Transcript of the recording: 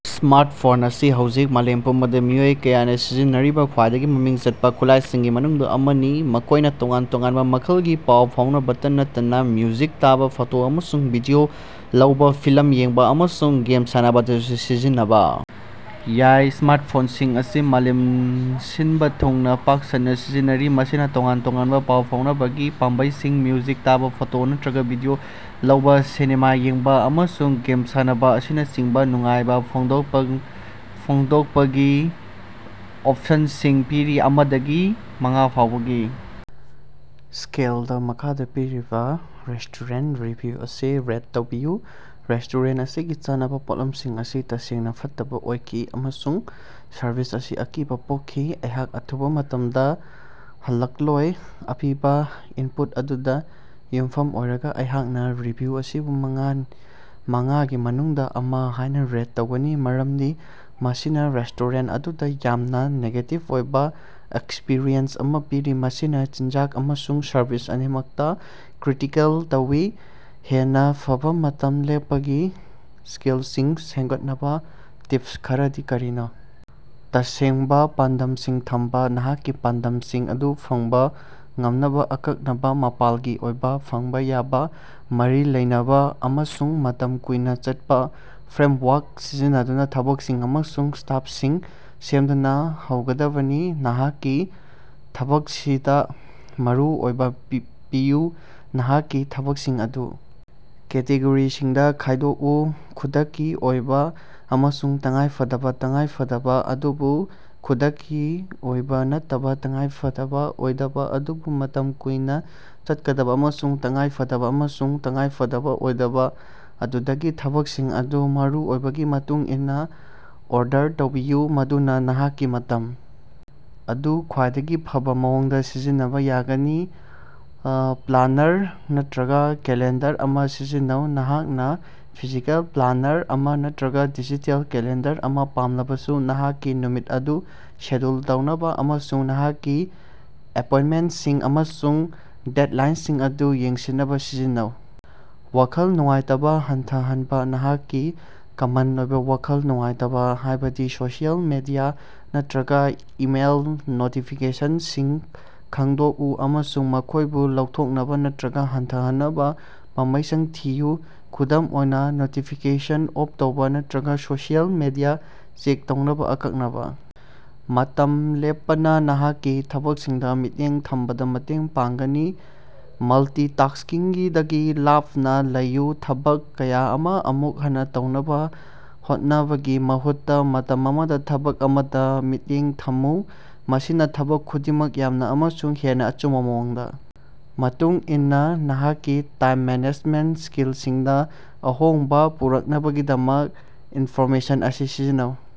Smartphone ꯑꯁꯤ ꯍꯧꯖꯤꯛ ꯃꯥꯂꯦꯝ ꯄꯨꯝꯕꯗ ꯃꯤꯑꯣꯏ ꯀꯌꯥꯅ ꯁꯤꯖꯤꯟꯅꯔꯤꯕ ꯈ꯭ꯋꯥꯏꯗꯒꯤ ꯃꯃꯤꯡ ꯆꯠꯄ ꯈꯨꯠꯂꯥꯏꯁꯤꯡꯒꯤ ꯃꯅꯨꯡꯗ ꯑꯃꯅꯤ꯫ ꯃꯈꯣꯏꯅ ꯇꯣꯉꯥꯟ ꯇꯣꯉꯥꯟꯕ ꯃꯈꯜꯒꯤ ꯄꯥꯎ ꯐꯥꯎꯅꯕꯇ ꯅꯠꯇꯅ ꯃ꯭ꯌꯨꯖꯤꯛ ꯇꯥꯕ, ꯐꯣꯇꯣ ꯑꯃꯁꯨꯡ ꯚꯤꯗꯤꯑꯣ ꯂꯧꯕ ꯐꯤꯂꯝ ꯌꯦꯡꯕ ꯑꯃꯁꯨꯡ ꯒꯦꯝ ꯁꯥꯟꯅꯕꯗꯁꯨ ꯁꯤꯖꯤꯟꯅꯕ ꯌꯥꯏ꯫ ꯁ꯭ꯃꯥꯔꯠꯐꯣꯟꯁꯤꯡ ꯑꯁꯤ ꯃꯥꯂꯦꯝ ꯁꯤꯟꯕ ꯊꯨꯡꯅ ꯄꯥꯛ ꯁꯟꯅ ꯁꯤꯖꯤꯟꯅꯔꯤ꯫ ꯃꯁꯤꯅ ꯇꯣꯉꯥꯟ ꯇꯣꯉꯥꯟꯕ ꯄꯥꯎ ꯐꯥꯎꯅꯕꯒꯤ ꯄꯥꯝꯕꯩꯁꯤꯡ, ꯃ꯭ꯌꯨꯖꯤꯛ ꯇꯥꯕ ꯐꯣꯇꯣ ꯅꯠꯇ꯭ꯔꯒ ꯚꯤꯗꯤꯑꯣ ꯂꯧꯕ ꯁꯤꯅꯦꯃꯥ ꯌꯦꯡꯕ ꯑꯃꯁꯨꯡ ꯒꯦꯝ ꯁꯥꯟꯅꯕ ꯑꯁꯤꯅꯆꯤꯡꯕ ꯅꯨꯡꯉꯥꯏꯕ ꯐꯣꯡꯗꯣꯛꯄ ꯐꯣꯡꯗꯣꯛꯄꯒꯤ ꯑꯣꯐꯁꯟꯁꯤꯡ ꯄꯤꯔꯤ꯫ ꯑꯃꯗꯒꯤ ꯃꯉꯥꯐꯥꯎꯕꯒꯤ ꯁ꯭ꯀꯦꯜꯗ ꯃꯈꯥꯗ ꯄꯤꯔꯤꯕ ꯔꯦꯁꯇꯨꯔꯦꯟꯇ ꯔꯤꯚꯤꯌꯨ ꯑꯁꯤ ꯔꯦꯠ ꯇꯧꯕꯤꯌꯨ꯫ "ꯔꯦꯁ꯭ꯇꯣꯔꯦꯟꯇ ꯑꯁꯤꯒꯤ ꯆꯥꯅꯕ ꯄꯣꯠꯂꯝꯁꯤꯡ ꯑꯁꯤ ꯇꯁꯦꯡꯅ ꯐꯠꯇꯕ ꯑꯣꯏꯈꯤ ꯑꯃꯁꯨꯡ ꯁꯔꯕꯤꯁ ꯑꯁꯤ ꯑꯀꯤꯕ ꯄꯣꯛꯈꯤ꯫ ꯑꯩꯍꯥꯛ ꯑꯊꯨꯕ ꯃꯇꯝꯗ ꯍꯜꯂꯛꯂꯣꯏ꯫ ꯑꯄꯤꯕꯥ ꯏꯟꯄꯨꯠ ꯑꯗꯨꯗ ꯌꯨꯝꯐꯝ ꯑꯣꯏꯔꯒ ꯑꯩꯍꯥꯛꯅ ꯔꯤꯚꯤꯌꯨ ꯑꯁꯤꯕꯨ ꯃꯉꯥꯟ ꯃꯉꯥꯒꯤ ꯃꯅꯨꯡꯗꯥ ꯑꯃ ꯍꯥꯏꯅ ꯔꯦꯠ ꯇꯧꯒꯅꯤ ꯃꯔꯝꯗꯤ ꯃꯁꯤꯅ ꯔꯦꯁ꯭ꯇꯣꯔꯦꯟꯇ ꯑꯗꯨꯗ ꯌꯥꯝꯅ ꯅꯦꯒꯦꯇꯤꯕ ꯑꯣꯏꯕ ꯑꯦꯛꯁꯄꯔꯤꯌꯦꯟꯁ ꯑꯃꯥ ꯄꯤꯔꯤ꯫ ꯃꯁꯤꯅ ꯆꯤꯟꯖꯥꯛ ꯑꯃꯁꯨꯡ ꯁꯔꯕꯤꯁ ꯑꯅꯤꯃꯛꯇ ꯀ꯭ꯔꯤꯇꯤꯀꯦꯜ ꯇꯧꯏ꯫ ꯍꯦꯟꯅ ꯐꯕ ꯃꯇꯝ ꯂꯦꯞꯄꯒꯤ ꯁ꯭ꯀꯤꯜꯁꯤꯡ ꯁꯦꯝꯒꯠꯅꯕ ꯇꯤꯞꯁ ꯈꯔꯗꯤ ꯀꯔꯤꯅꯣ? ꯇꯁꯦꯡꯕ ꯄꯥꯟꯗꯝꯁꯤꯡ ꯊꯝꯕ: ꯅꯍꯥꯛꯀꯤ ꯄꯥꯟꯗꯝꯁꯤꯡ ꯑꯗꯨ ꯐꯪꯕ ꯉꯝꯅꯕ ꯑꯀꯛꯅꯕ, ꯃꯥꯄꯥꯜꯒꯤ ꯑꯣꯏꯕ, ꯐꯪꯕ ꯌꯥꯕ ꯃꯔꯤ ꯂꯩꯅꯕ ꯑꯃꯁꯨꯡ ꯃꯇꯝ ꯀꯨꯏꯅ ꯆꯠꯄ ꯐ꯭ꯔꯦꯃꯋꯥꯔꯛ ꯁꯤꯖꯤꯟꯅꯗꯨꯅ ꯊꯕꯛꯁꯤꯡ ꯑꯃꯁꯨꯡ ꯁꯇꯥꯕꯁꯁꯤꯡ ꯁꯦꯝꯗꯨꯅ ꯍꯧꯒꯗꯕꯅꯤ꯫ ꯅꯍꯥꯛꯀꯤ ꯊꯕꯛꯁꯤꯗ ꯃꯔꯨ ꯑꯣꯏꯕ ꯄꯤ ꯄꯤꯌꯨ: ꯅꯍꯥꯛꯀꯤ ꯊꯕꯛꯁꯤꯡ ꯑꯗꯨ ꯀꯦꯇꯦꯒꯣꯔꯤꯁꯤꯡꯗ ꯈꯥꯏꯗꯣꯛꯎ: ꯈꯨꯗꯛꯀꯤ ꯑꯣꯏꯕ ꯑꯃꯁꯨꯡ ꯇꯉꯥꯏꯐꯗꯕ, ꯇꯉꯥꯏꯐꯗꯕ ꯑꯗꯨꯕꯨ ꯈꯨꯗꯛꯀꯤ ꯑꯣꯏꯕ ꯅꯠꯇꯕ, ꯇꯉꯥꯏꯐꯗꯕ ꯑꯣꯏꯗꯕ ꯑꯗꯨꯕꯨ ꯃꯇꯝ ꯀꯨꯏꯅ ꯆꯠꯀꯗꯕ, ꯑꯃꯁꯨꯡ ꯇꯉꯥꯏꯐꯗꯕ ꯑꯃꯁꯨꯡ ꯇꯉꯥꯏꯐꯗꯕ ꯑꯣꯏꯗꯕ꯫ ꯑꯗꯨꯗꯒꯤ ꯊꯕꯛꯁꯤꯡ ꯑꯗꯨ ꯃꯔꯨꯑꯣꯏꯕꯒꯤ ꯃꯇꯨꯡ ꯏꯟꯅ ꯑꯣꯔꯗꯔ ꯇꯧꯕꯤꯌꯨ ꯃꯗꯨꯅ ꯅꯍꯥꯛꯀꯤ ꯃꯇꯝ ꯑꯗꯨ ꯈ꯭ꯋꯥꯏꯗꯒꯤ ꯐꯕ ꯃꯑꯣꯡꯗ ꯁꯤꯖꯤꯟꯅꯕ ꯌꯥꯒꯅꯤ꯫ ꯑꯥ ꯄ꯭ꯂꯥꯅꯔ ꯅꯠꯇ꯭ꯔꯒ ꯀꯦꯂꯦꯟꯗꯔ ꯑꯃ ꯁꯤꯖꯤꯟꯅꯧ: ꯅꯍꯥꯛꯅ ꯐꯤꯖꯤꯀꯦꯜ ꯄ꯭ꯂꯥꯅꯔ ꯑꯃ ꯅꯠꯇ꯭ꯔꯒ ꯗꯤꯖꯤꯇꯦꯜ ꯀꯦꯂꯦꯟꯗꯔ ꯑꯃ ꯄꯥꯝꯂꯕꯁꯨ ꯅꯍꯥꯛꯀꯤ ꯅꯨꯃꯤꯠ ꯑꯗꯨ ꯁꯦꯗ꯭ꯌꯨꯜ ꯇꯧꯅꯕ ꯑꯃꯁꯨꯡ ꯅꯍꯥꯛꯀꯤ ꯑꯦꯄꯣꯏꯟꯇꯃꯦꯟꯇꯁꯤꯡ ꯑꯃꯁꯨꯡ ꯗꯦꯗꯂꯥꯏꯟꯁꯤꯡ ꯑꯗꯨ ꯌꯦꯡꯁꯤꯟꯅꯕ ꯁꯤꯖꯤꯟꯅꯧ꯫ ꯋꯥꯈꯜ ꯅꯨꯡꯉꯥꯏꯇꯕ ꯍꯟꯊꯍꯟꯕ: ꯅꯍꯥꯛꯀꯤ ꯀꯃꯟ ꯑꯣꯏꯕ ꯋꯥꯈꯜ ꯅꯨꯡꯉꯥꯏꯇꯕ ꯍꯥꯏꯕꯗꯤ ꯁꯣꯁꯤꯑꯦꯜ ꯃꯦꯗꯤꯌꯥ ꯅꯠꯇꯔꯒ ꯏꯃꯦꯜ ꯅꯣꯇꯤꯐꯤꯀꯦꯁꯟꯁꯤꯡ ꯈꯪꯗꯣꯛꯎ ꯑꯃꯁꯨꯡ ꯃꯈꯣꯏꯕꯨ ꯂꯧꯊꯣꯛꯅꯕ ꯅꯠꯇ꯭ꯔꯒ ꯍꯟꯊꯍꯟꯅꯕ ꯄꯥꯝꯕꯩꯁꯤꯡ ꯊꯤꯌꯨ꯫ ꯈꯨꯗꯝ ꯑꯣꯏꯅ ꯅꯣꯇꯤꯐꯤꯀꯦꯁꯟ ꯑꯣꯐ ꯇꯧꯕ ꯅꯠꯇ꯭ꯔꯒ ꯁꯣꯁꯤꯑꯦꯜ ꯃꯦꯗꯤꯌꯥ ꯆꯦꯛ ꯇꯧꯅꯕ ꯑꯀꯛꯅꯕ ꯃꯇꯝ ꯂꯦꯞꯄꯅ ꯅꯍꯥꯛꯀꯤ ꯊꯕꯛꯁꯤꯡꯗ ꯃꯤꯠꯌꯦꯡ ꯊꯝꯕꯗ ꯃꯇꯦꯡ ꯄꯥꯡꯒꯅꯤ꯫ ꯃꯜꯇꯤꯇꯥꯁ꯭ꯀꯤꯡꯒꯤꯗꯒꯤ ꯂꯥꯞꯅꯥ ꯂꯩꯌꯨ: ꯊꯕꯛ ꯀꯌꯥ ꯑꯃ ꯑꯃꯨꯛ ꯍꯟꯅ ꯇꯧꯅꯕ ꯍꯣꯠꯅꯕꯒꯤ ꯃꯍꯨꯠꯇ ꯃꯇꯝ ꯑꯃꯗ ꯊꯕꯛ ꯑꯃꯗ ꯃꯤꯠꯌꯦꯡ ꯊꯝꯃꯨ꯫ ꯃꯁꯤꯅ ꯊꯕꯛ ꯈꯨꯗꯤꯡꯃꯛ ꯌꯥꯡꯅ ꯑꯃꯁꯨꯡ ꯍꯦꯟꯅ ꯑꯆꯨꯝꯕ ꯃꯑꯣꯡꯗ ꯃꯇꯨꯡꯏꯟꯅ ꯅꯍꯥꯛꯀꯤ ꯇꯥꯏꯝ ꯃꯦꯅꯦꯖꯃꯦꯟꯇ ꯁ꯭ꯀꯤꯜꯁꯤꯡꯗ ꯑꯍꯣꯡꯕ ꯄꯨꯔꯛꯅꯕꯒꯤꯗꯃꯛ ꯏꯟꯐꯣꯔꯃꯦꯁꯟ ꯑꯁꯤ ꯁꯤꯖꯤꯟꯅꯧ꯫